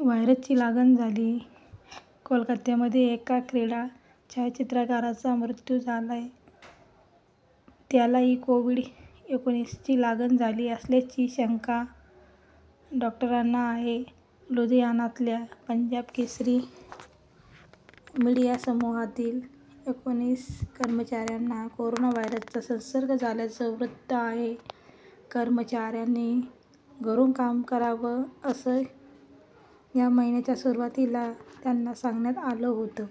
व्हायरसची लागण झाली कोलकात्यामध्ये एका क्रीडा छायाचित्रकाराचा मृत्यू झालाय. त्यालाही कोव्हिड एकोणीसची लागण झाली असल्याची शंका डॉक्टरांना आहे. लुधियानातल्या पंजाब केसरी मीडिया समूहातील एकोणीस कर्मचाऱ्यांना कोरोना व्हायरसचा संसर्ग झाल्याचं वृत्त आहे. कर्मचाऱ्यांनी घरून काम करावं, असं या महिन्याच्या सुरुवातीला त्यांना सांगण्यात आलं होतं.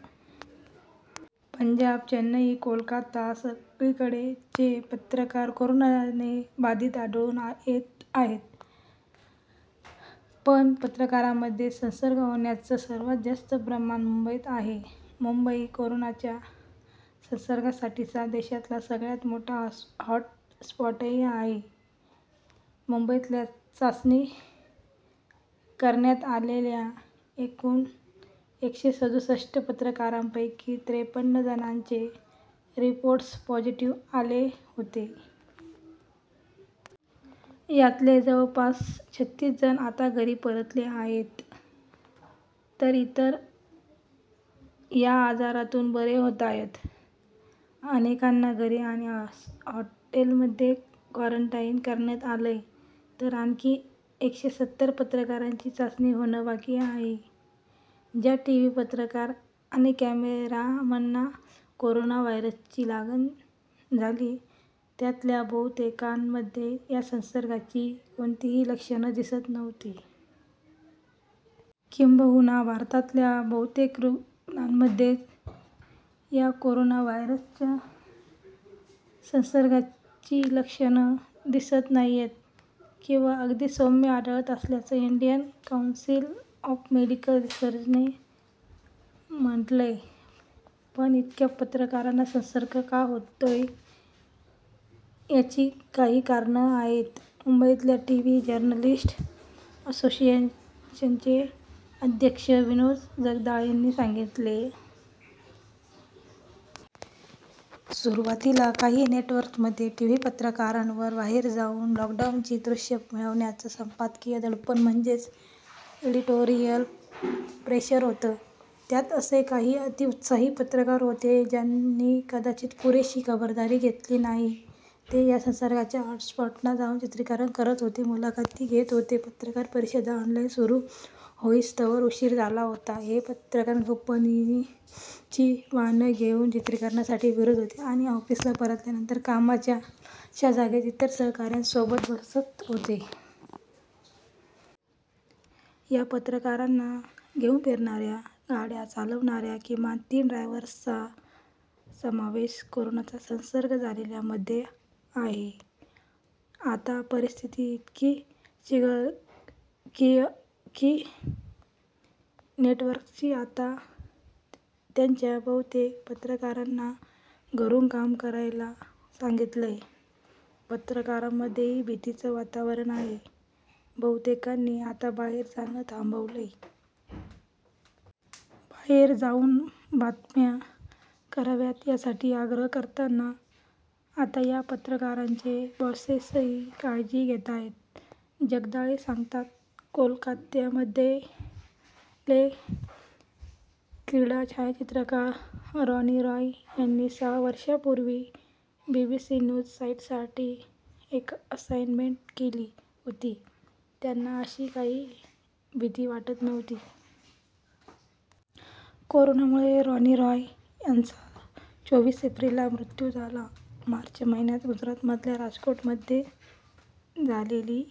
पंजाब, चेन्नई, कोलकाता, सगळीकडचे पत्रकार कोरोनाने बाधित आढळून येत आहेत. पण पत्रकारांमध्ये संसर्ग होण्याचं सर्वात जास्त प्रमाण मुंबईत आहे. मुंबई कोरोनाच्या संसर्गासाठीचा देशातला सगळ्यात मोठा हॉटस्पॉटही आहे. मुंबईतल्या चाचणी करण्यात आलेल्या एकूण एकशे सदुसष्ट पत्रकारांपैकी त्रेपन्न जणांचे रिपोर्ट्स पॉझिटिव्ह आले होते. यातले जवळपास छत्तीस जण आता घरी परतले आहेत. तर इतर या आजारातून बरे होतायत. अनेकांना घरी आणि हॉटेलमध्ये क्वारंटाईन करण्यात आलंय, तर आणखी एकशे सत्तर पत्रकारांची चाचणी होणं बाकी आहे. ज्या टीव्ही पत्रकार आणि कॅमेरामनना कोरोना व्हायरसची लागण झाली, त्यातल्या बहुतेकांमध्ये या संसर्गाची कोणतीही लक्षणं दिसत नव्हती. किंबहुना भारतातल्या बहुतेक रुग्णांमध्येच या कोरोना व्हायरसच्या संसर्गाची लक्षणं दिसत नाहीयेत किंवा अगदी सौम्य आढळत असल्याचं इंडियन काऊन्सिल ऑफ मेडिकल रिसर्चने म्हटलंय. पण इतक्या पत्रकारांना संसर्ग का होतोय? याची काही कारणं आहेत, मुंबईतल्या टीव्ही जर्नलिस्ट असोसिएशनचे अध्यक्ष विनोद जगदाळेंनी सांगितलं. सुरुवातीला काही नेटवर्क्समध्ये टीव्ही पत्रकारांवर बाहेर जाऊन लॉकडाऊनची दृश्यं मिळवण्याचं संपादकीय दडपण म्हणजेच एडिटोरियल प्रेशर होतं. त्यात असे काही अतिउत्साही पत्रकार होते, ज्यांनी कदाचित पुरेशी खबरदारी घेतली नाही. ते या संसर्गाच्या हॉटस्पॉट्सना जाऊन चित्रीकरण करत होते, मुलाखती घेत होते, पत्रकार परिषदा ऑनलाईन सुरू होईस्तोवर उशीर झाला होता हे पत्रकार कंपनीची वाहनं घेऊन चित्रीकरणासाठी फिरत होते आणि ऑफिसला परतल्यानंतर कामाच्या लहानशा जागेत इतर सहकाऱ्यांसोबत बसत होते. या पत्रकारांना घेऊन फिरणाऱ्या गाड्या चालवणाऱ्या किमान तीन ड्रायव्हर्सचा समावेश कोरोनाचा संसर्ग झालेल्यांमध्ये आहे. आता परिस्थिती इतकी चिघळळीय की, नेटवर्क्सनी आता त्यांच्या बहुतेक पत्रकारांना घरून काम करायला सांगितलंय. पत्रकारांमध्येही भीतीचं वातावरण आहे. बहुतेकांनी आता बाहेर जाणं थांबवलंय. बाहेर जाऊन बातम्या कराव्यात यासाठी आग्रह करताना आता या पत्रकारांचे बॉसेसही काळजी घेतायत, जगदाळे सांगतात. कोलकात्यामधलेय क्रीडा छायाचित्रकार रॉनी रॉय यांनी सहा वर्षांपूर्वी बीबीसी न्यूज साईटसाठी एक असाईनमेंट केली होती. त्यांना अशी काही भीती वाटत नव्हती. कोरोनामुळे रॉनी रॉय यांचा चोवीस एप्रिलला मृत्यू झाला. मार्च महिन्यात गुजरातमधल्या राजकोटमध्ये झालेली